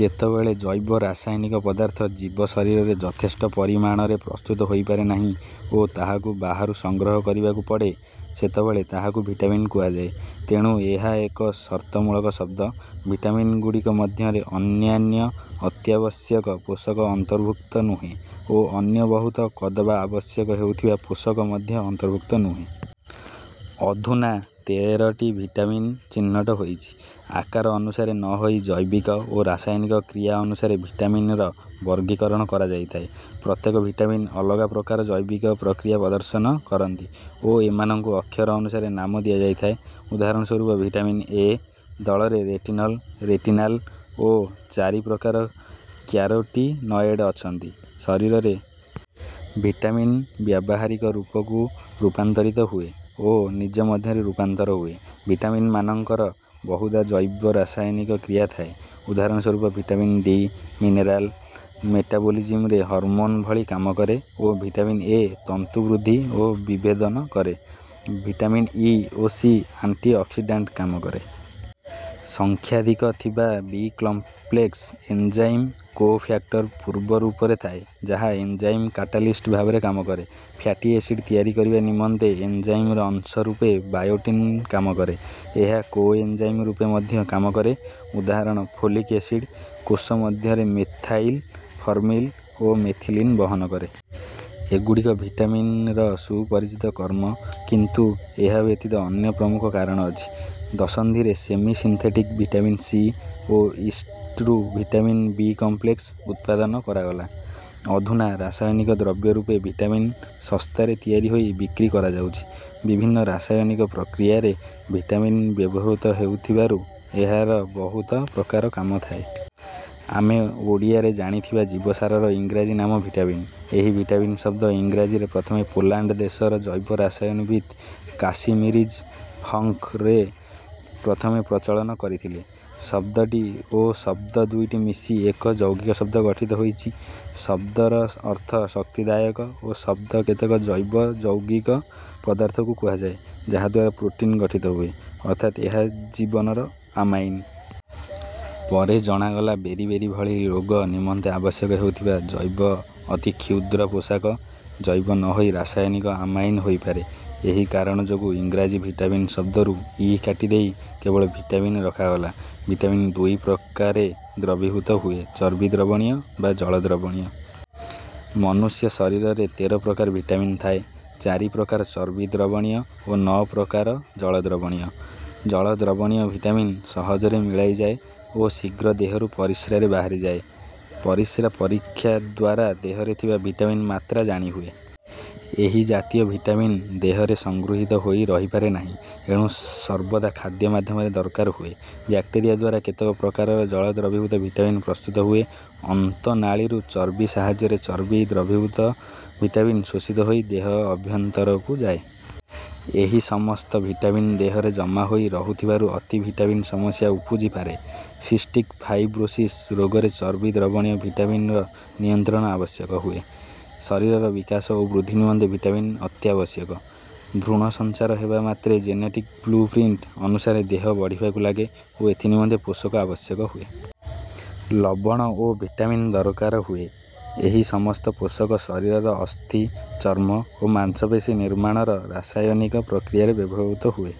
ଯେତେବେଳେ ଜୈବ ରାସାୟନିକ ପଦାର୍ଥ ଜୀବ ଶରୀରରେ ଯଥେଷ୍ଟ ପରିମାଣରେ ପ୍ରସ୍ତୁତ ହୋଇପାରେ ନାହିଁ ଓ ତାହାକୁ ବାହାରୁ ସଂଗ୍ରହ କରିବାକୁ ପଡ଼େ, ସେତେବେଳେ ତାହାକୁ ଭିଟାମିନ୍ କୁହାଯାଏ। ତେଣୁ ଏହା ଏକ ସର୍ତ୍ତମୂଳକ ଶବ୍ଦ। ଭିଟାମିନ୍‌ଗୁଡ଼ିକ ମଧ୍ୟରେ ଅନ୍ୟାନ୍ୟ ଅତ୍ୟାବଶ୍ୟକ ପୋଷକ ଅନ୍ତର୍ଭୁକ୍ତ ନୁହେଁ ଓ ଅନ୍ୟ ବହୁତ କଦବା ଆବଶ୍ୟକ ହେଉଥିବା ପୋଷକ ମଧ୍ୟ ଅନ୍ତର୍ଭୁକ୍ତ ନୁହେଁ। ଅଧୁନା ତେର ଟି ଭିଟାମିନ୍ ଚିହ୍ନଟ ହୋଇଛି। ଆକାର ଅନୁସାରେ ନ ହୋଇ ଜୈବିକ ଓ ରାସାୟନିକ କ୍ରିୟା ଅନୁସାରେ ଭିଟାମିନର ବର୍ଗୀକରଣ କରାଯାଇଥାଏ। ପ୍ରତ୍ୟେକ ଭିଟାମିନ୍ ଅଲଗା ପ୍ରକାର ଜୈବିକ ପ୍ରକ୍ରିୟା ପ୍ରଦର୍ଶନ କରନ୍ତି ଓ ଏମାନଙ୍କୁ ଅକ୍ଷର ଅନୁସାରେ ନାମ ଦିଆଯାଇଥାଏ। ଉଦାହରଣ ସ୍ୱରୂପ: ଭିଟାମିନ୍ 'ଏ' ଦଳରେ ରେଟିନଲ, ରେଟିନାଲ ଓ ଚାରି ପ୍ରକାର କ୍ୟାରୋଟିନଏଡ୍ ଅଛନ୍ତି। ଶରୀରରେ ଭିଟାମିନ୍ ବ୍ୟବହାରିକ ରୂପକୁ ରୂପାନ୍ତରିତ ହୁଏ ଓ ନିଜ ମଧ୍ୟରେ ରୂପାନ୍ତର ହୁଏ। ଭିଟାମିନ୍‌ମାନଙ୍କର ବହୁଧା ଜୈବ-ରାସାୟନିକ କ୍ରିୟା ଥାଏ। ଉଦାହରଣ ସ୍ୱରୂପ: ଭିଟାମିନ୍-ଡି ମିନେରାଲ୍ ମେଟାବୋଲିଜିମ୍‌ରେ ହରମୋନ୍ ଭଳି କାମ କରେ ଓ ଭିଟାମିନ୍-ଏ ତନ୍ତୁ ବୃଦ୍ଧି ଓ ବିଭେଦନ କରେ। ଭିଟାମିନ୍-ଇ ଓ ସି ଆଣ୍ଟି-ଅକ୍ସିଡାଣ୍ଟ କାମ କରେ। ସଂଖ୍ୟାଧିକ ଥିବା ବି-କମ୍ପ୍ଲେକ୍ସ ଏଞ୍ଜାଇମ୍ କୋ-ଫ୍ୟାକ୍ଟର ପୂର୍ବ ରୂପରେ ଥାଏ, ଯାହା ଏଞ୍ଜାଇମ୍ କାଟାଲିଷ୍ଟ ଭାବରେ କାମ କରେ। ଫ୍ୟାଟି ଏସିଡ୍ ତିଆରି କରିବା ନିମନ୍ତେ ଏଞ୍ଜାଇମ୍‌ର ଅଂଶ ରୂପେ ବାୟୋଟିନ୍ କାମ କରେ। ଏହା କୋ-ଏଞ୍ଜାଇମ୍ ରୂପେ ମଧ୍ୟ କାମ କରେ, ଉଦାହରଣ: ଫୋଲିକ୍ ଏସିଡ୍ କୋଷ ମଧ୍ୟରେ ମେଥାଇଲ୍, ଫର୍ମିଲ୍ ଓ ମେଥିଲିନ୍ ବହନ କରେ। ଏଗୁଡ଼ିକ ଭିଟାମିନର ସୁପରିଚିତ କର୍ମ, କିନ୍ତୁ ଏହା ବ୍ୟତୀତ ଅନ୍ୟ ପ୍ରମୁଖ କାରଣ ଅଛି। ଦଶନ୍ଧିରେ ସେମି-ସିନ୍ଥେଟିକ୍ ଭିଟାମିନ୍-ସି ଓ ଇଷ୍ଟ୍‌ରୁ ଭିଟାମିନ୍ ବି-କମ୍ପ୍ଲେକ୍ସ୍ ଉତ୍ପାଦନ କରାଗଲା। ଅଧୁନା ରାସାୟନିକ ଦ୍ରବ୍ୟ ରୂପେ ଭିଟାମିନ୍ ଶସ୍ତାରେ ତିଆରି ହୋଇ ବିକ୍ରି କରାଯାଉଛି। ବିଭିନ୍ନ ରାସାୟନିକ ପ୍ରକ୍ରିୟାରେ ଭିଟାମିନ୍ ବ୍ୟବହୃତ ହେଉଥିବାରୁ ଏହାର ବହୁତ ପ୍ରକାର କାମ ଥାଏ। ଆମେ ଓଡ଼ିଆରେ ଜାଣିଥିବା ଜୀବସାରର ଇଂରାଜୀ ନାମ ଭିଟାମିନ୍। ଏହି ଭିଟାମିନ୍ ଶବ୍ଦ ଇଂରାଜୀରେ ପ୍ରଥମେ ପୋଲାଣ୍ଡ ଦେଶର ଜୈବ-ରସାୟନବିତ୍ କାସିମିରଜ୍ ଫଙ୍କ ରେ ପ୍ରଥମେ ପ୍ରଚଳନ କରିଥିଲେ। ଶବ୍ଦଟି ଓ ଶବ୍ଦ ଦୁଇଟି ମିଶି ଏକ ଯୌଗିକ ଶବ୍ଦ ଗଠିତ ହୋଇଛି। ଶବ୍ଦର ଅର୍ଥ ଶକ୍ତିଦାୟକ ଓ ଶବ୍ଦ କେତେକ ଜୈବ ଯୌଗିକ ପଦାର୍ଥକୁ କୁହାଯାଏ, ଯାହାଦ୍ୱାରା ପ୍ରୋଟିନ୍ ଗଠିତ ହୁଏ, ଅର୍ଥାତ୍ ଏହା ଜୀବନର ଆମାଇନ୍। ପରେ ଜଣାଗଲା ବେରି-ବେରି ଭଳି ରୋଗ ନିମନ୍ତେ ଆବଶ୍ୟକ ହେଉଥିବା ଜୈବ ଅତି କ୍ଷୁଦ୍ର ପୋଷକ ଜୈବ ନ ହୋଇ ରାସାୟନିକ ଆମାଇନ୍ ହୋଇପାରେ। ଏହି କାରଣ ଯୋଗୁ ଇଂରାଜୀ ଭିଟାମିନ୍ ଶବ୍ଦରୁ ଇ କାଟି ଦେଇ କେବଳ ଭିଟାମିନ୍ ରଖାଗଲା। ଭିଟାମିନ୍ ଦୁଇ ପ୍ରକାରେ ଦ୍ରବୀଭୂତ ହୁଏ: ଚର୍ବି ଦ୍ରବଣୀୟ ବା ଜଳ ଦ୍ରବଣୀୟ। ମନୁଷ୍ୟ ଶରୀରରେ ତେର ପ୍ରକାର ଭିଟାମିନ୍ ଥାଏ ଚାରି ପ୍ରକାର ଚର୍ବି ଦ୍ରବଣୀୟ ଓ ନଅ ପ୍ରକାର ଜଳ ଦ୍ରବଣୀୟ। ଜଳ ଦ୍ରବଣୀୟ ଭିଟାମିନ୍ ସହଜରେ ମିଳାଇ ଯାଏ ଓ ଶୀଘ୍ର ଦେହରୁ ପରିସ୍ରାରେ ବାହାରି ଯାଏ। ପରିସ୍ରା ପରୀକ୍ଷା ଦ୍ୱାରା ଦେହରେ ଥିବା ଭିଟାମିନ୍ ମାତ୍ରା ଜାଣି ହୁଏ। ଏହି ଜାତୀୟ ଭିଟାମିନ୍ ଦେହରେ ସଂଗୃହୀତ ହୋଇ ରହିପାରେ ନାହିଁ, ଏଣୁ ସର୍ବଦା ଖାଦ୍ୟ ମାଧ୍ୟମରେ ଦରକାର ହୁଏ। ବ୍ୟାକ୍ଟେରିଆ ଦ୍ୱାରା କେତେକ ପ୍ରକାରର ଜଳ ଦ୍ରବୀଭୂତ ଭିଟାମିନ୍ ପ୍ରସ୍ତୁତ ହୁଏ। ଅନ୍ତନାଳୀରୁ ଚର୍ବି ସାହାଯ୍ୟରେ ଚର୍ବି ଦ୍ରବୀଭୂତ ଭିଟାମିନ୍ ଶୋଷିତ ହୋଇ ଦେହ ଅଭ୍ୟନ୍ତରକୁ ଯାଏ। ଏହି ସମସ୍ତ ଭିଟାମିନ୍ ଦେହରେ ଜମା ହୋଇ ରହୁଥିବାରୁ ଅତି ଭିଟାମିନ୍ ସମସ୍ୟା ଉପୁଜି ପାରେ। ସିଷ୍ଟିକ୍ ଫାଇବ୍ରୋସିସ୍ ରୋଗରେ ଚର୍ବି ଦ୍ରବଣୀୟ ଭିଟାମିନର ନିୟନ୍ତ୍ରଣ ଆବଶ୍ୟକ ହୁଏ। ଶରୀରର ବିକାଶ ଓ ବୃଦ୍ଧି ନିମନ୍ତେ ଭିଟାମିନ୍ ଅତ୍ୟାବଶ୍ୟକ। ଭ୍ରୂଣ ସଞ୍ଚାର ହେବା ମାତ୍ରେ ଜେନେଟିକ୍ ବ୍ଲୁ-ପ୍ରିଣ୍ଟ୍ ଅନୁସାରେ ଦେହ ବଢ଼ିବାକୁ ଲାଗେ ଓ ଏଥି ନିମନ୍ତେ ପୋଷକ ଆବଶ୍ୟକ ହୁଏ। ଲବଣ ଓ ଭିଟାମିନ୍ ଦରକାର ହୁଏ। ଏହି ସମସ୍ତ ପୋଷକ ଶରୀରର ଅସ୍ଥି, ଚର୍ମ ଓ ମାଂସପେଶୀ ନିର୍ମାଣର ରାସାୟନିକ ପ୍ରକ୍ରିୟାରେ ବ୍ୟବହୃତ ହୁଏ।